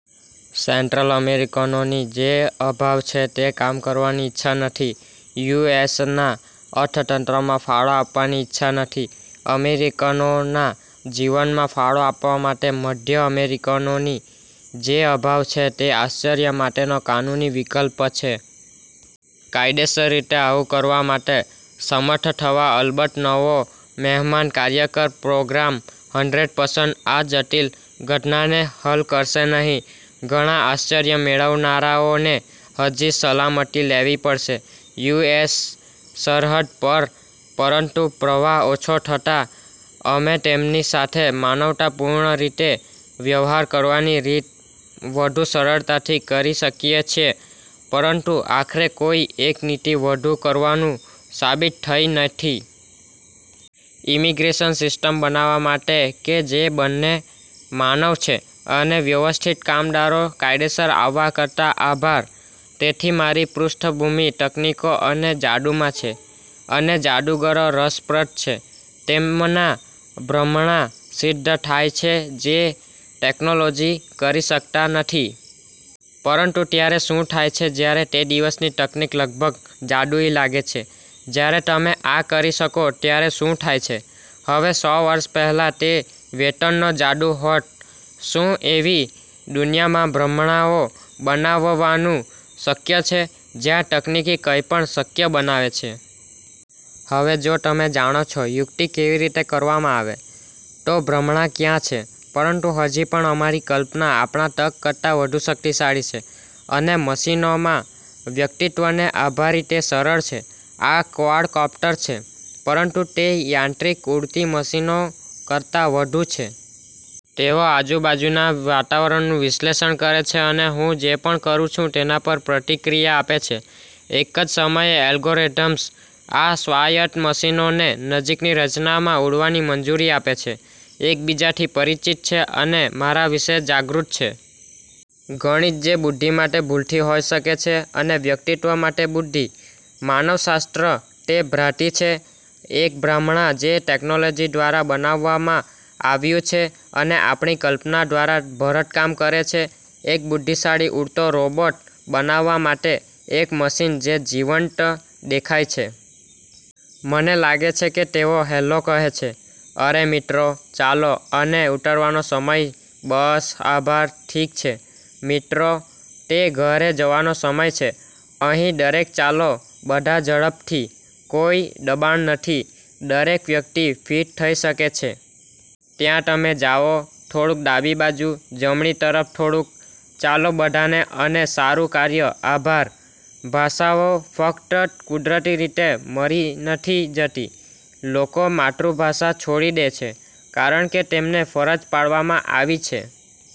Central અમેરિકનોની જે અભાવ છે તે કામ કરવાની ઇચ્છા નથી. યુ. એસ. ના અર્થતંત્રમાં ફાળો આપવાની ઇચ્છા નથી, અમેરિકનોના જીવનમાં ફાળો આપવા માટે મધ્ય અમેરિકનોની જે અભાવ છે તે આશ્રય માટેનો કાનૂની વિકલ્પ છે. કાયદેસર રીતે આવું કરવા માટે સમર્થ થવા અલબત્ત નવો મહેમાન કાર્યકર પ્રોગ્રામ હન્ડ્રેડ પર્સન્ટ આ જટિલ ઘટનાને હલ કરશે નહીં. ઘણા આશ્રય મેળવનારાઓને હજી સલામતી લેવી પડશે. યુ. એસ. સરહદ પર. પરંતુ પ્રવાહ ઓછો થતાં અમે તેમની સાથે માનવતાપૂર્ણ રીતે વ્યવહાર કરવાની રીત વધુ સરળતાથી કરી શકીએ છીએ, પરંતુ આખરે કોઈ એક નીતિ વધુ કરવાનું સાબિત થઈ નથી. ઇમિગ્રેશન સિસ્ટમ બનાવવા માટે કે જે બંને માનવ છે અને વ્યવસ્થિત કામદારો કાયદેસર આવવા કરતાં. આભાર. તેથી, મારી પૃષ્ઠભૂમિ તકનીકો અને જાદુમાં છે. અને જાદુગરો રસપ્રદ છે. તેમના ભ્રમણા સિદ્ધ થાય છે જે ટેકનોલોજી કરી શકતા નથી. પરંતુ ત્યારે શું થાય છે જ્યારે તે દિવસની તકનીક લગભગ જાદુઈ લાગે છે? જ્યારે તમે આ કરી શકો ત્યારે શું થાય છે? હવે સો વર્ષ પહેલાં તે વેતનનો જાદુ હોત. શું એવી દુનિયામાં ભ્રમણાઓ બનાવવાનું શક્ય છે, જ્યાં તકનીકી કંઈપણ શક્ય બનાવે છે. હવે જો તમે જાણો છો યુક્તિ કેવી રીતે કરવામાં આવે, તો ભ્રમણા ક્યાં છે? પરંતુ હજી પણ અમારી કલ્પના આપણા તર્ક કરતાં વધુ શક્તિશાળી છે અને મશીનોમાં વ્યક્તિત્વને આભારી તે સરળ છે. આ ક્વાડકોપ્ટર છે, પરંતુ તે યાંત્રિક ઉડતી મશીનો કરતા વધુ છે. તેઓ આજુબાજુના વાતાવરણનું વિશ્લેષણ કરે છે અને હું જે પણ કરું છું તેના પર પ્રતિક્રિયા આપે છે. એક જ સમયે અલ્ગોરિધમ્સ આ સ્વાયત્ત મશીનોને નજીકની રચનામાં ઉડવાની મંજૂરી આપે છે, એકબીજાથી પરિચિત છે અને મારા વિશે જાગૃત છે. ગણિત જે બુદ્ધિ માટે ભૂલથી હોઈ શકે છે અને વ્યક્તિત્વ માટે બુદ્ધિ. માનવશાસ્ત્ર તે ભ્રાંતિ છે, એક ભ્રમણા જે ટેકનોલોજી દ્વારા બનાવવામાં આવ્યું છે અને આપણી કલ્પના દ્વારા ભરતકામ કરે છે. એક બુદ્ધિશાળી ઉડતો રોબોટ બનવા માટે, એક મશીન જે જીવંત દેખાય છે. મને લાગે છે કે તેઓ "હેલો" કહે છે. અરે મિત્રો! ચાલો અને ઉતરવાનો સમય. બસ. આભાર. ઠીક છે, મિત્રો, તે ઘરે જવાનો સમય છે. અહીં દરેક ચાલો, બધા ઝડપથી. કોઈ દબાણ નથી, દરેક વ્યક્તિ ફિટ થઈ શકે છે. ત્યાં તમે જાઓ, થોડુંક ડાબી બાજુ, જમણી તરફ થોડુંક. ચાલો, બધાને અને સારું કાર્ય! આભાર. ભાષાઓ ફક્ત કુદરતી રીતે મરી નથી જતી લોકો માતૃભાષા છોડી દે છે, કારણ કે તેમને ફરજ પાડવામાં આવી છે.